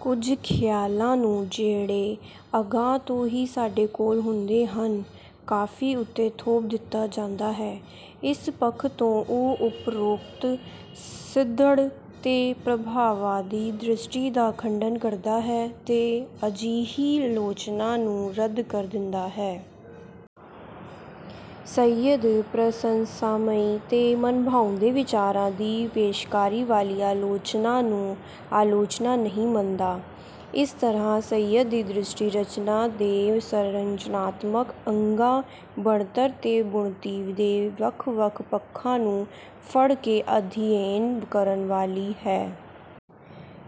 ਕੁਝ ਖਿਆਲਾਂ ਨੂੰ, ਜਿਹੜੇ ਅਗਾਂ ਤੋਂ ਹੀ ਸਾਡੇ ਕੋਲ ਹੁੰਦੇ ਹਨ, ਕਾਫ਼ੀ ਉੱਤੇ ਥੋਪ ਦਿੱਤਾ ਜਾਂਦਾ ਹੈ। ਇਸ ਪੱਖ ਤੋਂ ਉਹ ਉਪਰੋਕਤ ਸਿੱਧੜ ਤੇ ਪ੍ਰਭਾਵਾਦੀ ਦ੍ਰਿਸ਼ਟੀ ਦਾ ਖੰਡਨ ਕਰਦਾ ਹੈ ਤੇ ਅਜਿਹੀ ਆਲੋਚਨਾ ਨੂੰ ਰੱਦ ਕਰ ਦਿੰਦਾ ਹੈ। ਸੱਯਦ ਪ੍ਰਸੰਸਾਮਈ ਤੇ ਮਨਭਾਉਂਦੇ ਵਿਚਾਰਾਂ ਦੀ ਪੇਸ਼ਕਾਰੀ ਵਾਲੀ ਆਲੋਚਨਾ ਨੂੰ ਆਲੋਚਨਾ ਨਹੀਂ ਮੰਨਦਾ। ਇਸ ਤਰ੍ਹਾਂ ਸੱਯਦ ਦੀ ਦ੍ਰਿਸ਼ਟੀ ਰਚਨਾ ਦੇ ਸੰਰਚਨਾਤਮਕ ਅੰਗਾਂ, ਬਣਤਰ ਤੇ ਬੁਣਤੀ ਦੇ ਵੱਖ-ਵੱਖ ਪੱਖਾਂ ਨੂੰ ਫੜ੍ਹ ਕੇ ਅਧਿਐਨ ਕਰਨ ਵਾਲੀ ਹੈ।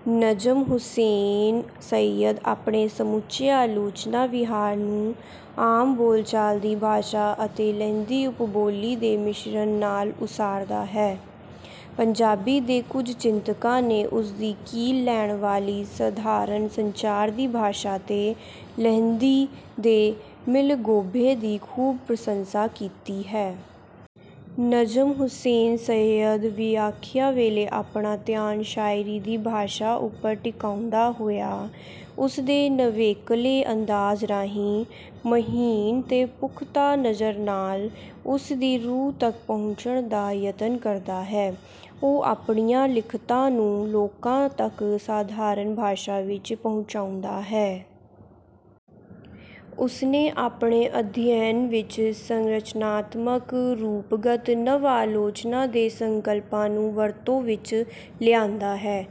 ਨਜਮ ਹੁਸੈਨ ਸੱਯਦ ਆਪਣੇ ਸਮੁੱਚੇ ਆਲੋਚਨਾ ਵਿਹਾਰ ਨੂੰ ਆਮ ਬੋਲ-ਚਾਲ ਦੀ ਭਾਸ਼ਾ ਅਤੇ ਲਹਿੰਦੀ ਉਪਬੋਲੀ ਦੇ ਮਿਸ਼ਰਨ ਨਾਲ ਉਸਾਰਦਾ ਹੈ। ਪੰਜਾਬੀ ਦੇ ਕੁਝ ਚਿੰਤਕਾਂ ਨੇ ਉਸ ਦੀ ਕੀਲ ਲੈਣ ਵਾਲੀ ਸਧਾਰਨ ਸੰਚਾਰ ਦੀ ਭਾਸ਼ਾ ਤੇ ਲਹਿੰਦੀ ਦੇ ਮਿਲਗੋਭੇ ਦੀ ਖੂਬ ਪ੍ਰਸੰਸਾ ਕੀਤੀ ਹੈ। ਨਜਮ ਹੁਸੈਨ ਸੱਯਦ ਵਿਆਖਿਆ ਵੇਲੇ ਆਪਣਾ ਧਿਆਨ ਸ਼ਾਇਰੀ ਦੀ ਭਾਸ਼ਾ ਉੱਪਰ ਟਿਕਾਉਂਦਾ ਹੋਇਆ, ਉਸਦੇ ਨਵੇਕਲੇ ਅੰਦਾਜ਼ ਰਾਹੀਂ, ਮਹੀਨ ਤੇ ਪੁਖਤਾ ਨਜ਼ਰ ਨਾਲ, ਉਸ ਦੀ ਰੂਹ ਤੱਕ ਪਹੁੰਚਣ ਦਾ ਯਤਨ ਕਰਦਾ ਹੈ। ਉਹ ਆਪਣੀਆਂ ਲਿਖਤਾਂ ਨੂੰ ਲੋਕਾਂ ਤੱਕ ਸਾਧਾਰਨ ਭਾਸ਼ਾ ਵਿੱਚ ਪਹੁੰਚਾਉਂਦਾ ਹੈ। ਉਸਨੇ ਆਪਣੇ ਅਧਿਐਨ ਵਿੱਚ ਸੰਰਚਨਾਤਮਕ, ਰੂਪਗਤ, ਨਵ-ਆਲੋਚਨਾ ਦੇ ਸੰਕਲਪਾਂ ਨੂੰ ਵਰਤੋਂ ਵਿੱਚ ਲਿਆਂਦਾ ਹੈ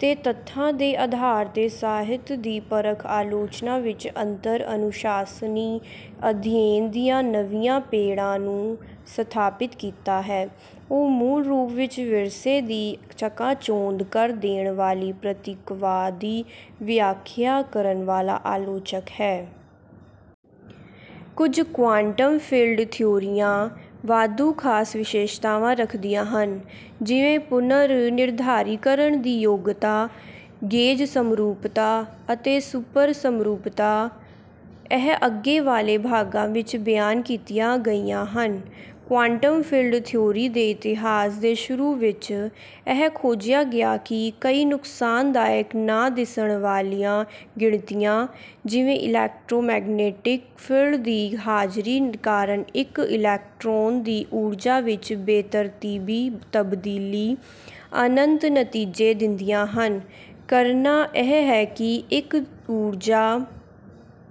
ਤੇ ਤੱਥਾਂ ਦੇ ਆਧਾਰ ਤੇ ਸਾਹਿਤ ਦੀ ਪਰਖ-ਆਲੋਚਨਾ ਵਿੱਚ ਅੰਤਰ-ਅਨੁਸ਼ਾਸਨੀ ਅਧਿਐਨ ਦੀਆਂ ਨਵੀਆਂ ਪੈੜਾਂ ਨੂੰ ਸਥਾਪਿਤ ਕੀਤਾ ਹੈ। ਉਹ ਮੂਲ ਰੂਪ ਵਿੱਚ ਵਿਰਸੇ ਦੀ ਚਕਾਚੌਂਧ ਕਰ ਦੇਣ ਵਾਲੀ ਪ੍ਰਤੀਕਵਾਦੀ ਵਿਆਖਿਆ ਕਰਨ ਵਾਲਾ ਆਲੋਚਕ ਹੈ। ਕੁਝ ਕੁਆਂਟਮ ਫੀਲਡ ਥਿਊਰੀਆਂ, ਵਾਧੂ ਖਾਸ ਵਿਸ਼ੇਸ਼ਤਾਵਾਂ ਰੱਖਦੀਆਂ ਹਨ, ਜਿਵੇਂ ਪੁਨਰ-ਨਿਰਧਾਰੀਕਰਨ ਦੀ ਯੋਗਤਾ, ਗੇਜ ਸਮਰੂਪਤਾ, ਅਤੇ ਸੁਪਰ ਸਮਰੂਪਤਾ। ਇਹ ਅੱਗੇ ਵਾਲੇ ਭਾਗਾਂ ਵਿੱਚ ਬਿਆਨ ਕੀਤੀਆਂ ਗਈਆਂ ਹਨ। ਕੁਆਂਟਮ ਫੀਲਡ ਥਿਊਰੀ ਦੇ ਇਤਿਹਾਸ ਦੇ ਸ਼ੁਰੂ ਵਿੱਚ, ਇਹ ਖੋਜਿਆ ਗਿਆ ਕਿ ਕਈ ਨੁਕਸਾਨਦਾਇਕ ਨਾ ਦਿਸਣ ਵਾਲੀਆਂ ਗਿਣਤੀਆਂ, ਜਿਵੇਂ ਇਲੈਕਟ੍ਰੋਮੈਗਨੈਟਿਕ ਫੀਲਡ ਦੀ ਹਾਜ਼ਰੀ ਕਾਰਨ ਇੱਕ ਇਲੈਕਟ੍ਰੋਨ ਦੀ ਊਰਜਾ ਵਿੱਚ ਬੇਤਰਤੀਬੀ ਤਬਦੀਲੀ, ਅਨੰਤ ਨਤੀਜੇ ਦਿੰਦੀਆਂ ਹਨ। ਕਰਨਾ ਇਹ ਹੈ ਕਿ ਇੱਕ ਊਰਜਾ